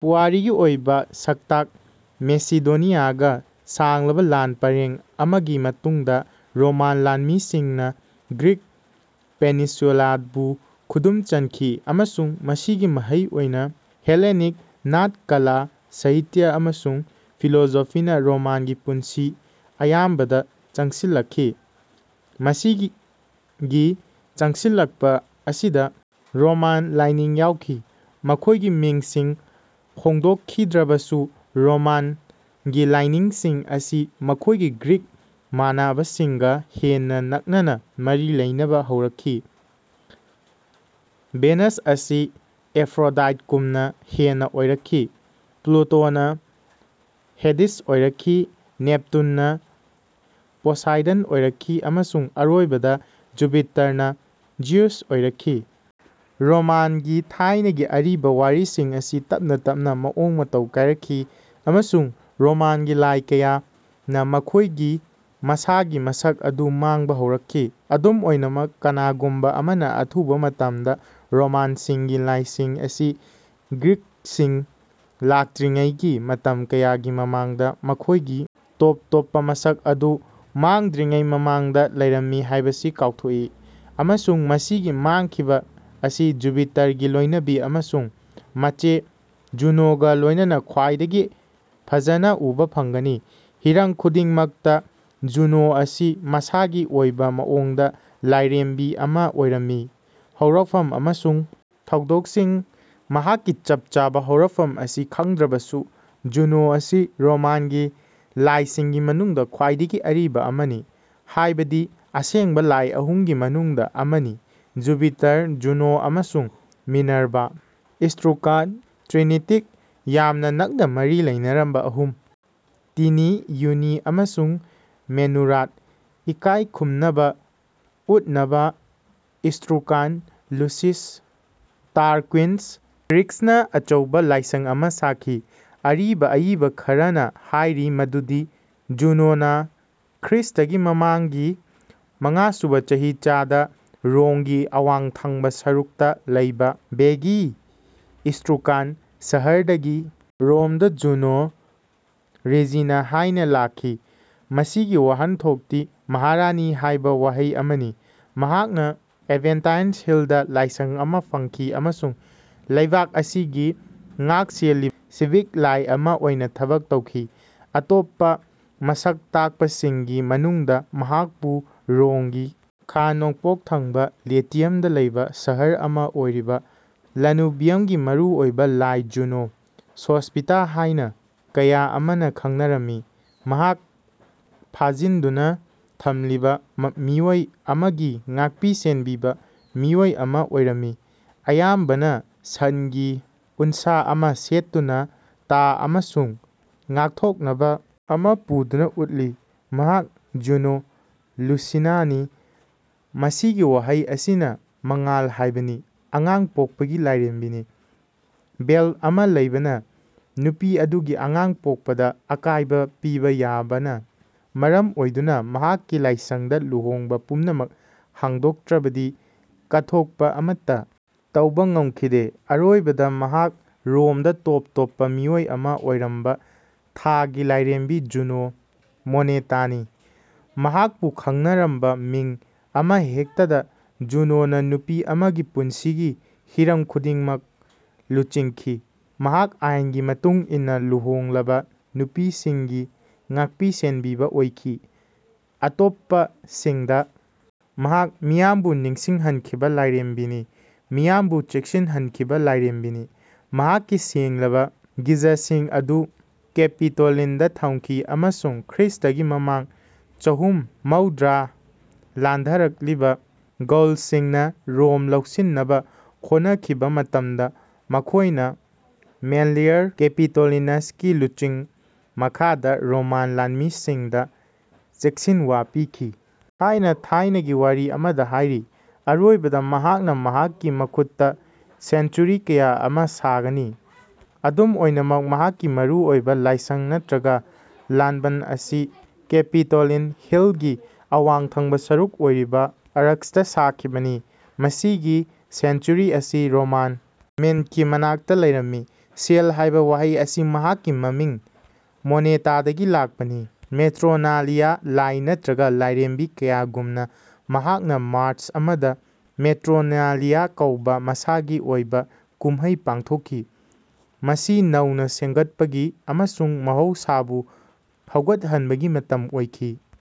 ꯄꯨꯋꯥꯔꯤꯒꯤ ꯑꯣꯏꯕ ꯁꯛꯇꯥꯛ ꯃꯦꯁꯤꯗꯣꯅꯤꯌꯥꯒ ꯁꯥꯡꯂꯕ ꯂꯥꯟ ꯄꯔꯦꯡ ꯑꯃꯒꯤ ꯃꯇꯨꯡꯗ ꯔꯣꯃꯥꯟ ꯂꯥꯟꯃꯤꯁꯤꯡꯅ ꯒ꯭ꯔꯤꯛ ꯄꯦꯅꯤꯟꯁꯨꯂꯥꯕꯨ ꯈꯨꯗꯨꯝ ꯆꯟꯈꯤ, ꯑꯃꯁꯨꯡ ꯃꯁꯤꯒꯤ ꯃꯍꯩ ꯑꯣꯏꯅ ꯍꯦꯂꯦꯅꯤꯛ ꯅꯥꯠ ꯀꯂꯥ, ꯁꯥꯍꯤꯇ꯭ꯌ ꯥ ꯑꯃꯁꯨꯡ ꯐꯤꯂꯣꯁꯣꯐꯤꯅ ꯔꯣꯃꯥꯟꯒꯤ ꯄꯨꯟꯁꯤ ꯑꯌꯥꯝꯕꯗ ꯆꯪꯁꯤꯜꯂꯛꯈꯤ꯫ ꯃꯁꯤꯒꯤ ꯆꯪꯁꯤꯜꯂꯛꯄ ꯑꯁꯤꯗ ꯔꯣꯃꯥꯟ ꯂꯥꯏꯅꯤꯡ ꯌꯥꯎꯈꯤ꯫ ꯃꯈꯣꯏꯒꯤ ꯃꯤꯡꯁꯤꯡ ꯍꯣꯡꯗꯣꯛꯈꯤꯗ꯭ꯔꯕꯁꯨ, ꯔꯣꯃꯥꯟꯒꯤ ꯂꯥꯏꯁꯤꯡ ꯑꯁꯤ ꯃꯈꯣꯏꯒꯤ ꯒ꯭ꯔꯤꯛ ꯃꯥꯟꯅꯕꯁꯤꯡꯒ ꯍꯦꯟꯅ ꯅꯛꯅꯕ ꯃꯔꯤ ꯂꯩꯅꯕ ꯍꯧꯔꯛꯈꯤ꯫ ꯚꯤꯅꯁ ꯑꯁꯤ ꯑꯦꯐ꯭ꯔꯣꯗꯥꯏꯠꯒꯨꯝꯅ ꯍꯦꯟꯅ ꯑꯣꯏꯔꯛꯈꯤ, ꯄ꯭ꯂꯨꯇꯣꯅ ꯍꯦꯗꯤꯁ ꯑꯣꯏꯔꯛꯈꯤ, ꯅꯦꯞꯇꯨꯟꯅ ꯄꯣꯁꯥꯏꯗꯟ ꯑꯣꯏꯔꯛꯈꯤ, ꯑꯃꯁꯨꯡ ꯑꯔꯣꯏꯕꯗ, ꯖꯨꯄꯤꯇꯔꯅ ꯖꯤꯎꯁ ꯑꯣꯏꯔꯛꯈꯤ꯫ ꯔꯣꯃꯥꯟꯒꯤ ꯊꯥꯏꯅꯒꯤ ꯑꯔꯤꯕ ꯋꯥꯔꯤꯁꯤꯡ ꯑꯁꯤ ꯇꯞꯅ-ꯇꯞꯅ ꯃꯋꯣꯡ-ꯃꯇꯧ ꯀꯥꯏꯔꯛꯈꯤ, ꯑꯃꯁꯨꯡ ꯔꯣꯃꯥꯟꯒꯤ ꯂꯥꯏ ꯀꯌꯥꯅ ꯃꯈꯣꯏꯒꯤ ꯃꯁꯥꯒꯤ ꯃꯁꯛ ꯑꯗꯨ ꯃꯥꯡꯕ ꯍꯧꯔꯛꯈꯤ꯫ ꯑꯗꯨꯝ ꯑꯣꯏꯅꯃꯛ, ꯀꯅꯥꯒꯨꯝꯕ ꯑꯃꯅ ꯑꯊꯨꯕ ꯃꯇꯝꯗ ꯔꯣꯃꯥꯟꯁꯤꯡꯒꯤ ꯂꯥꯏꯁꯤꯡ ꯑꯁꯤ ꯒ꯭ꯔꯤꯛꯁꯤꯡ ꯂꯥꯛꯇ꯭ꯔꯤꯉꯩꯒꯤ ꯃꯇꯝ ꯀꯌꯥꯒꯤ ꯃꯃꯥꯡꯗ, ꯃꯈꯣꯏꯒꯤ ꯇꯣꯞ-ꯇꯣꯞꯄ ꯃꯁꯛ ꯑꯗꯨ ꯃꯥꯡꯗ꯭ꯔꯤꯉꯩ ꯃꯃꯥꯡꯗ ꯂꯩꯔꯝꯃꯤ ꯍꯥꯏꯕꯁꯤ ꯀꯥꯎꯊꯣꯛꯏ꯫ ꯑꯃꯁꯨꯡ ꯃꯁꯤꯒꯤ ꯃꯥꯡꯈꯤꯕ ꯑꯁꯤ ꯖꯨꯄꯤꯇꯔꯒꯤ ꯂꯣꯏꯅꯕꯤ ꯑꯃꯁꯨꯡ ꯃꯆꯦ ꯖꯨꯅꯣꯒ ꯂꯣꯏꯅꯅ ꯈ꯭ꯋꯥꯏꯗꯒꯤ ꯐꯖꯅ ꯎꯕ ꯐꯪꯒꯅꯤ꯫ꯍꯤꯔꯝ ꯈꯨꯗꯤꯡꯃꯛꯇ, ꯖꯨꯅꯣ ꯑꯁꯤ ꯃꯁꯥꯒꯤ ꯑꯣꯏꯕ ꯃꯑꯣꯡꯗ ꯂꯥꯏꯔꯦꯝꯕꯤ ꯑꯃ ꯑꯣꯏꯔꯝꯃꯤ꯫ ꯍꯧꯔꯛꯐꯝ ꯑꯃꯁꯨꯡ ꯊꯧꯗꯥꯡꯁꯤꯡ ꯃꯍꯥꯛꯀꯤ ꯆꯞ ꯆꯥꯕ ꯍꯧꯔꯛꯐꯝ ꯑꯁꯤ ꯈꯪꯗ꯭ꯔꯕꯁꯨ, ꯖꯨꯅꯣ ꯑꯁꯤ ꯔꯣꯃꯥꯟꯒꯤ ꯂꯥꯏꯁꯤꯡꯒꯤ ꯃꯅꯨꯡꯗ ꯈ꯭ꯋꯥꯏꯗꯒꯤ ꯑꯔꯤꯕ ꯑꯃꯅꯤ, ꯍꯥꯏꯕꯗꯤ ꯑꯁꯦꯡꯕ ꯂꯥꯏ ꯑꯍꯨꯝꯒꯤ ꯃꯅꯨꯡꯗ ꯑꯃꯅꯤ ꯖꯨꯄꯤꯇꯔ, ꯖꯨꯅꯣ ꯑꯃꯁꯨꯡ ꯃꯤꯅꯔꯚꯥ ꯫ ꯏꯁꯇ꯭ꯔꯨꯀꯥꯟ ꯇ꯭ꯔꯤꯅꯤꯇꯤꯛ ꯌꯥꯝꯅ ꯅꯛꯅ ꯃꯔꯤ ꯂꯩꯅꯔꯝꯕ ꯑꯍꯨꯝ: ꯇꯤꯅꯤ, ꯌꯨꯅꯤ, ꯑꯃꯁꯨꯡ ꯃꯦꯅꯨꯔꯥꯠ ꯏꯀꯥꯏ ꯈꯨꯝꯅꯕ ꯎꯠꯅꯕ ꯏꯁꯇ꯭ꯔꯨꯀꯥꯟ ꯂꯨꯁꯤꯁ ꯇꯥꯔꯀ꯭ꯋꯤꯟꯁ ꯄ꯭ꯔꯤꯛꯁꯅ ꯑꯆꯧꯕ ꯂꯥꯏꯁꯪ ꯑꯃ ꯁꯥꯈꯤ꯫ ꯑꯔꯤꯕ ꯑꯏꯕ ꯈꯔꯅ ꯍꯥꯏꯔꯤ ꯃꯗꯨꯗꯤ ꯖꯨꯅꯣꯅ ꯈ꯭ꯔꯤꯁꯇꯥꯒꯤ ꯃꯃꯥꯡꯒꯤ ꯃꯉꯥꯁꯨꯕ ꯆꯍꯤꯆꯥꯗ ꯔꯣꯝꯒꯤ ꯑꯋꯥꯡ ꯊꯪꯕ ꯁꯔꯨꯛꯇ ꯂꯩꯕ ꯚꯦꯏꯒꯤ ꯏꯁꯇ꯭ꯔꯨꯀꯥꯟ ꯁꯍꯔꯗꯒꯤ ꯔꯣꯝꯗ ꯖꯨꯅꯣ ꯔꯦꯖꯤꯅꯥ ꯍꯥꯏꯅ ꯂꯥꯛꯈꯤ, ꯃꯁꯤꯒꯤ ꯋꯥꯍꯟꯊꯣꯛꯇꯤ ꯃꯍꯥꯔꯥꯅꯤ ꯍꯥꯏꯕ ꯋꯥꯍꯩ ꯑꯃꯅꯤ꯫ ꯃꯍꯥꯛꯅ ꯑꯦꯚꯦꯟꯇꯥꯏꯟ ꯍꯤꯜꯗ ꯂꯥꯏꯁꯪ ꯑꯃ ꯐꯪꯈꯤ ꯑꯃꯁꯨꯡ ꯂꯩꯕꯥꯛ ꯑꯁꯤꯒꯤ ꯉꯥꯛꯁꯦꯜꯂꯤꯕ, ꯁꯤꯚꯤꯛ ꯂꯥꯏ ꯑꯃ ꯑꯣꯏꯅ ꯊꯕꯛ ꯇꯧꯈꯤ꯫ ꯑꯇꯣꯞꯄ ꯃꯁꯛ ꯇꯥꯛꯄꯁꯤꯡꯒꯤ ꯃꯅꯨꯡꯗ, ꯃꯍꯥꯛꯄꯨ ꯔꯣꯝꯒꯤ ꯈꯥ-ꯅꯣꯡꯄꯣꯛ ꯊꯪꯕ ꯂꯦꯇꯤꯌꯝꯗ ꯂꯩꯕ ꯁꯍꯔ ꯑꯃ ꯑꯣꯏꯔꯤꯕ ꯂꯥꯅꯨꯚꯤꯌꯝꯒꯤ ꯃꯔꯨꯑꯣꯏꯕ ꯂꯥꯏ ꯖꯨꯅꯣ ꯁꯣꯁ꯭ꯄꯤꯇꯥ ꯍꯥꯏꯅ ꯀꯌꯥ ꯑꯃꯅ ꯈꯪꯅꯔꯝꯃꯤ꯫ ꯃꯍꯥꯛ ꯐꯥꯖꯤꯟꯗꯨꯅ ꯊꯝꯂꯤꯕ ꯃꯤꯑꯣꯏ ꯑꯃꯒꯤ ꯉꯥꯛꯄꯤ-ꯁꯦꯟꯕꯤꯕ ꯃꯤꯑꯣꯏ ꯑꯃ ꯑꯣꯏꯔꯝꯃꯤ, ꯑꯌꯥꯝꯕꯅ ꯁꯟꯒꯤ ꯎꯟꯁꯥ ꯑꯃ ꯁꯦꯠꯇꯨꯅ, ꯇꯥ ꯑꯃꯁꯨꯡ ꯉꯥꯛꯊꯣꯛꯅꯕ ꯑꯃ ꯄꯨꯗꯨꯅ ꯎꯠꯂꯤ꯫ ꯃꯍꯥꯛ ꯖꯨꯅꯣ ꯂꯨꯁꯤꯅꯥꯅꯤ, ꯃꯁꯤꯒꯤ ꯋꯥꯍꯩ ꯑꯁꯤꯅ ꯃꯉꯥꯜ ꯍꯥꯏꯕꯅꯤ, ꯑꯉꯥꯡ ꯄꯣꯛꯄꯒꯤ ꯂꯥꯏꯔꯦꯝꯕꯤꯅꯤ꯫ ꯕꯦꯜꯠ ꯑꯃ ꯂꯩꯕꯅ ꯅꯨꯄꯤ ꯑꯗꯨꯒꯤ ꯑꯉꯥꯡ ꯄꯣꯛꯄꯗ ꯑꯀꯥꯏꯕ ꯄꯤꯕ ꯌꯥꯕꯅ ꯃꯔꯝ ꯑꯣꯏꯗꯨꯅ ꯃꯍꯥꯛꯀꯤ ꯂꯥꯏꯁꯪꯗ ꯂꯨꯍꯣꯡꯕ ꯄꯨꯝꯅꯃꯛ ꯍꯥꯡꯗꯣꯛꯇ꯭ꯔꯕꯗꯤ ꯀꯠꯊꯣꯛꯄ ꯑꯃꯠꯇ ꯇꯧꯕ ꯉꯝꯈꯤꯗꯦ꯫ ꯑꯔꯣꯏꯕꯗ, ꯃꯍꯥꯛ ꯔꯣꯝꯗ ꯇꯣꯞ-ꯇꯣꯞꯄ ꯃꯤꯑꯣꯏ ꯑꯃ ꯑꯣꯏꯔꯝꯕ ꯊꯥꯒꯤ ꯂꯥꯏꯔꯦꯝꯕꯤ ꯖꯨꯅꯣ ꯃꯣꯅꯦꯇꯥꯅꯤ꯫ ꯃꯍꯥꯛꯄꯨ ꯈꯪꯅꯔꯝꯕ ꯃꯤꯡ ꯑꯃꯍꯦꯛꯇꯗ ꯖꯨꯅꯣꯅ ꯅꯨꯄꯤ ꯑꯃꯒꯤ ꯄꯨꯟꯁꯤꯒꯤ ꯍꯤꯔꯝ ꯈꯨꯗꯤꯡꯃꯛ ꯂꯨꯆꯤꯡꯈꯤ꯫ ꯃꯍꯥꯛ ꯑꯥꯏꯟꯒꯤ ꯃꯇꯨꯡ ꯏꯟꯅ ꯂꯨꯍꯣꯡꯂꯕ ꯅꯨꯄꯤꯁꯤꯡꯒꯤ ꯉꯥꯛꯄꯤ-ꯁꯦꯟꯕꯤꯕ ꯑꯣꯏꯈꯤ꯫ ꯑꯇꯣꯞꯄꯁꯤꯡꯗ ꯃꯍꯥꯛ ꯃꯤꯌꯥꯝꯕꯨ ꯅꯤꯡꯁꯤꯡꯍꯟꯈꯤꯕ ꯂꯥꯏꯔꯦꯝꯕꯤꯅꯤ, ꯃꯤꯌꯥꯝꯕꯨ ꯆꯦꯛꯁꯤꯟꯍꯟꯈꯤꯕ ꯂꯥꯏꯔꯦꯝꯕꯤꯅꯤ꯫ ꯃꯍꯥꯛꯀꯤ ꯁꯦꯡꯂꯕ ꯒꯤꯖꯁꯤꯡ ꯑꯗꯨ ꯀꯦꯄꯤꯇꯣꯂꯤꯟꯗ ꯊꯝꯈꯤ ꯑꯃꯁꯨꯡ ꯈ꯭ꯔꯤꯁꯇꯒꯤ ꯃꯃꯥꯡ ꯆꯍꯨꯝ ꯃꯧꯗ꯭ꯔꯥꯗ ꯂꯥꯟꯗꯥꯔꯛꯂꯤꯕ ꯒꯧꯜꯁꯤꯡꯅ ꯔꯣꯝ ꯂꯧꯁꯤꯟꯅꯕ ꯍꯣꯠꯅꯈꯤꯕ ꯃꯇꯝꯗ ꯃꯈꯣꯏꯅ ꯃꯦꯟꯂꯤꯌꯁ ꯀꯦꯄꯤꯇꯣꯂꯤꯅꯁꯀꯤ ꯂꯨꯆꯤꯡ ꯃꯈꯥꯗ ꯔꯣꯃꯥꯟ ꯂꯥꯟꯃꯤꯁꯤꯡꯗ ꯆꯦꯛꯁꯤꯟꯋꯥ ꯄꯤꯈꯤ ꯍꯥꯏꯅ ꯊꯥꯏꯅꯒꯤ ꯋꯥꯔꯤ ꯑꯃꯗ ꯍꯥꯏꯔꯤ꯫ ꯑꯔꯣꯏꯕꯗ, ꯃꯍꯥꯛꯅ ꯃꯍꯥꯛꯀꯤ ꯃꯍꯨꯠꯇ ꯁꯦꯟꯆꯨꯔꯤ ꯀꯌꯥ ꯑꯃ ꯁꯥꯒꯅꯤ꯫ ꯑꯗꯨꯝ ꯑꯣꯏꯅꯃꯛ, ꯃꯍꯥꯛꯀꯤ ꯃꯔꯨꯑꯣꯏꯕ ꯂꯥꯏꯁꯪ ꯅꯠꯇ꯭ꯔꯒ ꯂꯥꯟꯕꯟ ꯑꯁꯤ ꯀꯦꯄꯤꯇꯣꯂꯤꯟ ꯍꯤꯜꯒꯤ ꯑꯋꯥꯡ ꯊꯪꯕ ꯁꯔꯨꯛ ꯑꯣꯏꯔꯤꯕ ꯑꯥꯔꯛꯁꯇ ꯁꯥꯈꯤꯕꯅꯤ꯫ ꯃꯁꯤꯒꯤ ꯁꯦꯟꯆꯨꯔꯤ ꯑꯁꯤ ꯔꯣꯃꯥꯟ ꯃꯤꯟꯠꯀꯤ ꯃꯅꯥꯛꯇ ꯂꯩꯔꯝꯃꯤ; ꯁꯦꯜ ꯍꯥꯏꯕ ꯋꯥꯍꯩ ꯑꯁꯤ ꯃꯍꯥꯛꯀꯤ ꯃꯃꯤꯡ ꯃꯣꯅꯦꯇꯥꯗꯒꯤ ꯂꯥꯛꯄꯅꯤ꯫ ꯃꯦꯇ꯭ꯔꯣꯅꯥꯂꯤꯌꯥ ꯂꯥꯏ ꯅꯠꯇ꯭ꯔꯒ ꯂꯥꯏꯔꯦꯝꯕꯤ ꯀꯌꯥꯒꯨꯝꯅ, ꯃꯍꯥꯛꯅ ꯃꯥꯔꯆ ꯑꯃꯗ ꯃꯦꯇ꯭ꯔꯣꯅꯥꯂꯤꯌꯥ ꯀꯧꯕ ꯃꯁꯥꯒꯤ ꯑꯣꯏꯕ ꯀꯨꯝꯍꯩ ꯄꯥꯡꯊꯣꯛꯈꯤ, ꯃꯁꯤ ꯅꯧꯅ ꯁꯦꯝꯒꯠꯄꯒꯤ ꯑꯃꯁꯨꯡ ꯃꯍꯧꯁꯥꯕꯨ ꯍꯧꯒꯠꯍꯟꯕꯒꯤ ꯃꯇꯝ ꯑꯣꯏꯈꯤ꯫